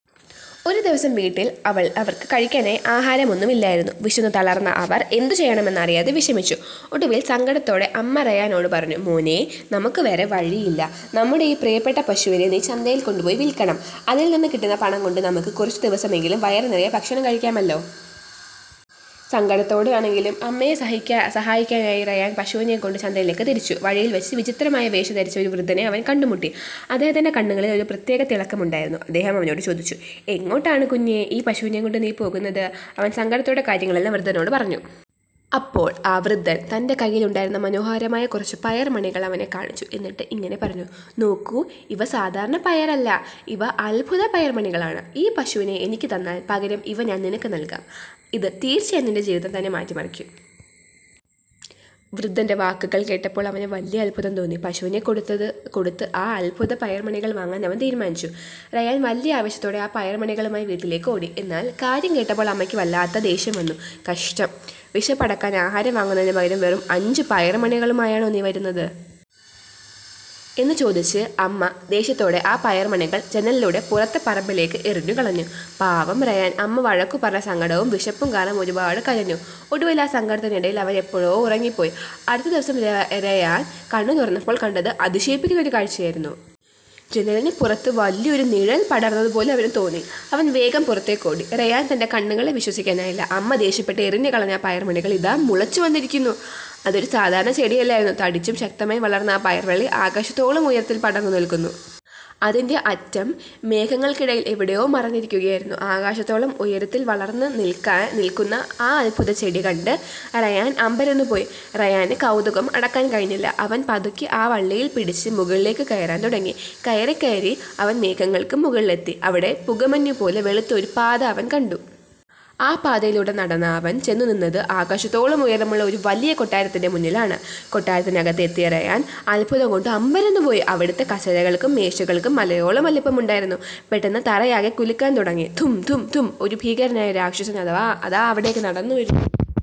ഒരു ദിവസം വീട്ടിൽ അവർക്ക് കഴിക്കാനായി ആഹാരം ഒന്നുമില്ലായിരുന്നു. വിശന്നു തളർന്ന അവർ എന്തു ചെയ്യണമെന്നറിയാതെ വിഷമിച്ചു. ഒടുവിൽ സങ്കടത്തോടെ അമ്മ റയാനോട് പറഞ്ഞു: "മോനേ, നമുക്ക് വേറെ വഴിയില്ല. നമ്മുടെ ഈ പ്രിയപ്പെട്ട പശുവിനെ നീ ചന്തയിൽ കൊണ്ടുപോയി വിൽക്കണം. അതിൽ നിന്ന് കിട്ടുന്ന പണം കൊണ്ട് നമുക്ക് കുറച്ചു ദിവസമെങ്കിലും വയറുനിറയെ ഭക്ഷണം കഴിക്കാമല്ലോ. " സങ്കടത്തോടെയാണെങ്കിലും അമ്മയെ സഹായിക്കാനായി റയാൻ പശുവിനെയും കൊണ്ട് ചന്തയിലേക്ക് തിരിച്ചു. വഴിയിൽവച്ച് വിചിത്രമായ വേഷം ധരിച്ച ഒരു വൃദ്ധനെ അവൻ കണ്ടുമുട്ടി. അദ്ദേഹത്തിന്റെ കണ്ണുകളിൽ ഒരു പ്രത്യേക തിളക്കമുണ്ടായിരുന്നു. അദ്ദേഹം അവനോട് ചോദിച്ചു: "എങ്ങോട്ടാണ് കുഞ്ഞേ, ഈ പശുവിനെയും കൊണ്ട് നീ പോകുന്നത്? " അവൻ സങ്കടത്തോടെ കാര്യങ്ങളെല്ലാം വൃദ്ധനോട് പറഞ്ഞു. അപ്പോൾ ആ വൃദ്ധൻ തന്റെ കയ്യിലുണ്ടായിരുന്ന മനോഹരമായ കുറച്ച് പയർമണികൾ അവനെ കാണിച്ചു. എന്നിട്ട് ഇങ്ങനെ പറഞ്ഞു: "നോക്കൂ, ഇവ സാധാരണ പയറല്ല, ഇവ അത്ഭുത പയർമണികളാണ്. ഈ പശുവിനെ എനിക്ക് തന്നാൽ, പകരം ഇവ ഞാൻ നിനക്ക് നൽകാം. ഇത് തീർച്ചയായും നിന്റെ ജീവിതം തന്നെ മാറ്റിമറിക്കും. " വൃദ്ധന്റെ വാക്കുകൾ കേട്ടപ്പോൾ അവന് വലിയ അത്ഭുതം തോന്നി. പശുവിനെ കൊടുത്ത് ആ അത്ഭുത പയർമണികൾ വാങ്ങാൻ അവൻ തീരുമാനിച്ചു. റയാൻ വലിയ ആവേശത്തോടെ ആ പയർമണികളുമായി വീട്ടിലേക്ക് ഓടി. എന്നാൽ കാര്യം കേട്ടപ്പോൾ അമ്മയ്ക്ക് വല്ലാതെ ദേഷ്യം വന്നു. "കഷ്ടം! വിശപ്പടക്കാൻ ആഹാരം വാങ്ങുന്നതിന് പകരം വെറും അഞ്ച് പയർമണികളുമായാണോ നീ വരുന്നത്? " എന്ന് ചോദിച്ച് അമ്മ ദേഷ്യത്തോടെ ആ പയർമണികൾ ജനലിലൂടെ പുറത്തെ പറമ്പിലേക്ക് എറിഞ്ഞു കളഞ്ഞു. പാവം റയാൻ! അമ്മ വഴക്കു പറഞ്ഞ സങ്കടവും വിശപ്പും കാരണം ഒരുപാട് കരഞ്ഞു. ഒടുവിൽ, ആ സങ്കടത്തിനിടയിൽ അവൻ എപ്പോഴോ ഉറങ്ങിപ്പോയി. അടുത്ത ദിവസം രാവിലെ റയാൻ കണ്ണ് തുറന്നപ്പോൾ കണ്ടത് അതിശയിപ്പിക്കുന്ന ഒരു കാഴ്ചയായിരുന്നു! ജനലിന് പുറത്ത് വലിയൊരു നിഴൽ പടർന്നതുപോലെ അവന് തോന്നി. അവൻ വേഗം പുറത്തേക്ക് ഓടി. റയാന് തന്റെ കണ്ണുകളെ വിശ്വസിക്കാനായില്ല. അമ്മ ദേഷ്യപ്പെട്ട് എറിഞ്ഞുകളഞ്ഞ ആ പയർമണികൾ അതാ മുളച്ചു വന്നിരിക്കുന്നു. അതൊരു സാധാരണ ചെടിയല്ലായിരുന്നു. തടിച്ചും ശക്തമായും വളർന്ന ആ പയർവള്ളി ആകാശത്തോളം ഉയരത്തിൽ പടർന്നു നിൽക്കുന്നു. അതിന്റെ അറ്റം മേഘങ്ങൾക്കിടയിൽ എവിടെയോ മറഞ്ഞിരിക്കുകയായിരുന്നു. ആകാശത്തോളം ഉയരത്തിൽ വളർന്നു നിൽക്കുന്ന ആ അത്ഭുതചെടി കണ്ട് റയാൻ അമ്പരന്നുപോയി! റയാന് കൗതുകം അടക്കാൻ കഴിഞ്ഞില്ല. അവൻ പതുക്കെ ആ വള്ളിയിൽ പിടിച്ച് മുകളിലേക്ക് കയറാൻ തുടങ്ങി. കയറി കയറി അവൻ മേഘങ്ങൾക്കും മുകളിലെത്തി! അവിടെ പുകമഞ്ഞു പോലെ വെളുത്ത ഒരു പാത അവൻ കണ്ടു. ആ പാതയിലൂടെ നടന്ന അവൻ ചെന്നു നിന്നത് ആകാശത്തോളം ഉയരമുള്ള ഒരു വലിയ കൊട്ടാരത്തിന് മുന്നിലാണ്. കൊട്ടാരത്തിനകത്ത് എത്തിയ റയാൻ അത്ഭുതം കൊണ്ട് അമ്പരന്നുപോയി. അവിടുത്തെ കസേരകൾക്കും മേശകൾക്കും മലയോളം വലിപ്പമുണ്ടായിരുന്നു. പെട്ടെന്ന് തറയാകെ കുലുങ്ങാൻ തുടങ്ങി. ധും! ധും! ധും! ഒരു ഭീകരനായ രാക്ഷസൻ അതാ അവിടേക്ക് നടന്നുവരുന്നു!